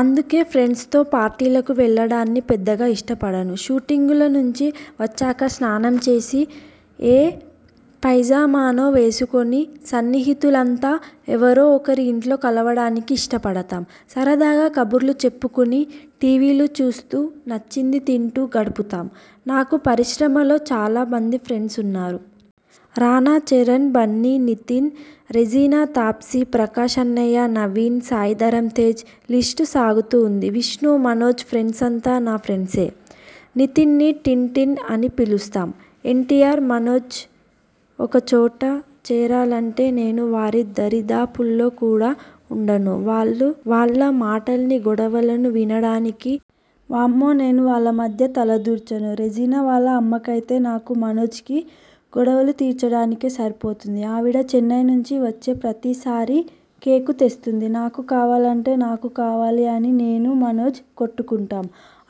అందుకే ఫ్రెండ్స్తో పార్టీలకు వెళ్లడాన్ని పెద్దగా ఇష్టపడను. షూటింగులనుంచి వచ్చాక స్నానం చేసి ఏ పైజామానో వేసుకుని సన్నిహితులంతా ఎవరో ఒకరి ఇంట్లో కలవడానికి ఇష్టపడతాం. సరదాగా కబుర్లు చెప్పుకుని టీవీలు చూస్తూ, నచ్చింది తింటూ గడుపుతాం. నాకు పరిశ్రమలో చాలా మంది ఫ్రెండ్స్ ఉన్నారు. రానా, చరణ్, బన్ని, నితిన్, రెజీనా, తాప్సీ, ప్రకాశ్ అన్నయ్య, నవీన్, సాయిధరమ్తేజ్ లిస్టు సాగుతూ ఉంటుంది. విష్ణు, మనోజ్ ఫ్రెండ్సంతా నా ఫ్రెండ్సే. నితిన్ని టిన్టిన్ అని పిలుస్తాం. ఎన్టీఆర్, మనోజ్ ఒక చోట చేరారంటే నేను వారి దరిదాపుల్లో కూడా ఉండను. వాళ్ల మాటల్ని, గొడవలను వినడానికి కూడా ఎక్స్ట్రా ఎనర్జీ కావాలి. వామ్మో నేను వాళ్ల మధ్య తలదూర్చను. రెజీనా వాళ్ల అమ్మకైతే నాకు, మనోజ్కీ గొడవలు తీర్చడానికే సరిపోతుంది. ఆవిడ చెన్నై నుంచి వచ్చే ప్రతిసారీ కేకు తెస్తుంది. 'నాకు కావాలంటే నాకు కావాలి' అని నేను, మనోజ్ కొట్టుకుంటాం.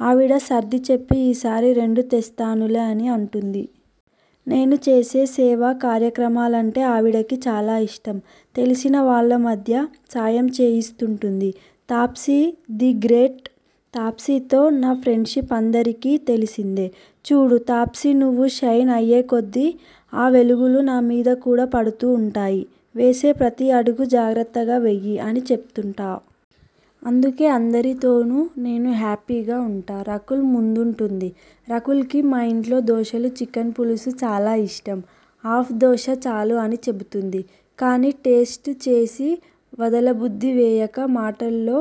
ఆవిడ సర్దిచెప్పి 'ఈసారి రెండు తెస్తానులే' అని అంటుంది. నేను చేసే సేవా కార్యక్రమాలంటే ఆవిడకి చాలా ఇష్టం. తెలిసిన వాళ్ల ద్వారా సాయంచేయిస్తుంటుంది. Taapsee the great! తాప్సీతో నా ఫ్రెండ్షిప్ అందరికీ తెలిసిందే. 'చూడు తాప్సీ నువ్వు షైన్ అయ్యేకొద్దీ ఆ వెలుగులు నామీద కూడా పడుతూ ఉంటాయి. వేసే ప్రతి అడుగూ జాగ్రత్తగా వెయ్యి' అని చెప్తుంటా. అందుకే అందరితోనూ నేను హ్యాపీగా ఉంటా. రకుల్ ముందుంటుంది! రకుల్కి మా ఇంట్లో దోశలు, చికెన్ పులుసు చాలా ఇష్టం. 'హాఫ్ దోశ చాలు ' అని చెబుతుంది. కానీ టేస్ట్ చేసి వదలబుద్ధి వేయక మాటల్లో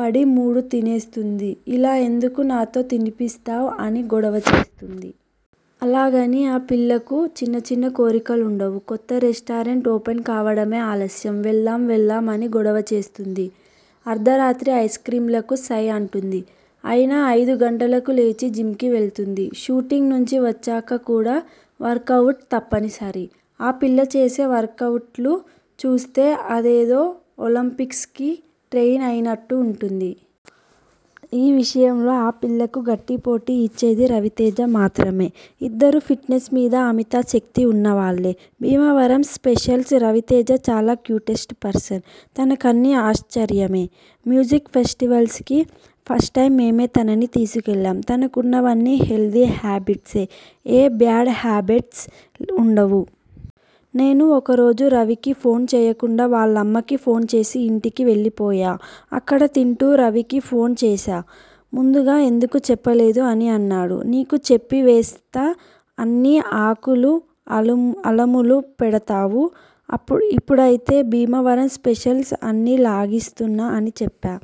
పడి మూడు తినేస్తుంది. 'ఇలా ఎందుకు నాతో తినిపిస్తావ్' అని గొడవచేస్తుంది. అలాగని ఆ పిల్లకు చిన్న చిన్న కోరికలుండవు. కొత్త రెస్టారెంట్ ఓపెన్ కావడమే ఆలస్యం 'వెళ్దాం వెళ్దాం' అని గొడవ చేస్తుంది. అర్థరాత్రి ఐస్క్రీమ్లకు సై అంటుంది. అయినా ఐదు గంటలకు లేచి జిమ్కి వెళ్తుంది. షూటింగ్ నుంచి వచ్చాక కూడా వర్కవుట్ తప్పనిసరి. ఆ పిల్ల చేసే వర్కవుట్లు చూస్తే అదేదో ఒలింపిక్స్కి ట్రెయిన్ అయినట్టు ఉంటుంది. ఈ విషయంలో ఆ పిల్లకు గట్టిపోటీ ఇచ్చేది రవితేజ మాత్రమే. ఇద్దరూ ఫిట్నెస్ మీద అమితాసక్తి ఉన్నవాళ్లే. భీమవరం స్పెషల్స్! రవితేజ చాలా క్యూటెస్ట్ పర్సన్. తనకన్నీ ఆశ్చర్యమే. మ్యూజిక్ ఫెస్టివల్కి ఫస్ట్టైమ్ మేమే తనని తీసుకెళ్లాం. తనకున్నవన్నీ హెల్దీ హ్యాబిట్సే. ఏ బ్యాడ్ హాబెట్స్ ఉండవు. నేను ఒక రోజు రవికి ఫోన్ చేయకుండా వాళ్లమ్మకి ఫోన్ చేసి ఇంటికి వెళ్లిపోయా. అక్కడ తింటూ రవికి ఫోన్ చేశా ముందుగా ఎందుకు చెప్పలేదు అని అన్నాడు. ' నీకు చెప్పి వేస్త అన్నీ ఆకులు అలములు పెడతావు. ఇప్పుడైతే భీమవరం స్పెషల్స్ అన్నీ లాగిస్తున్నా' అని చెప్పా.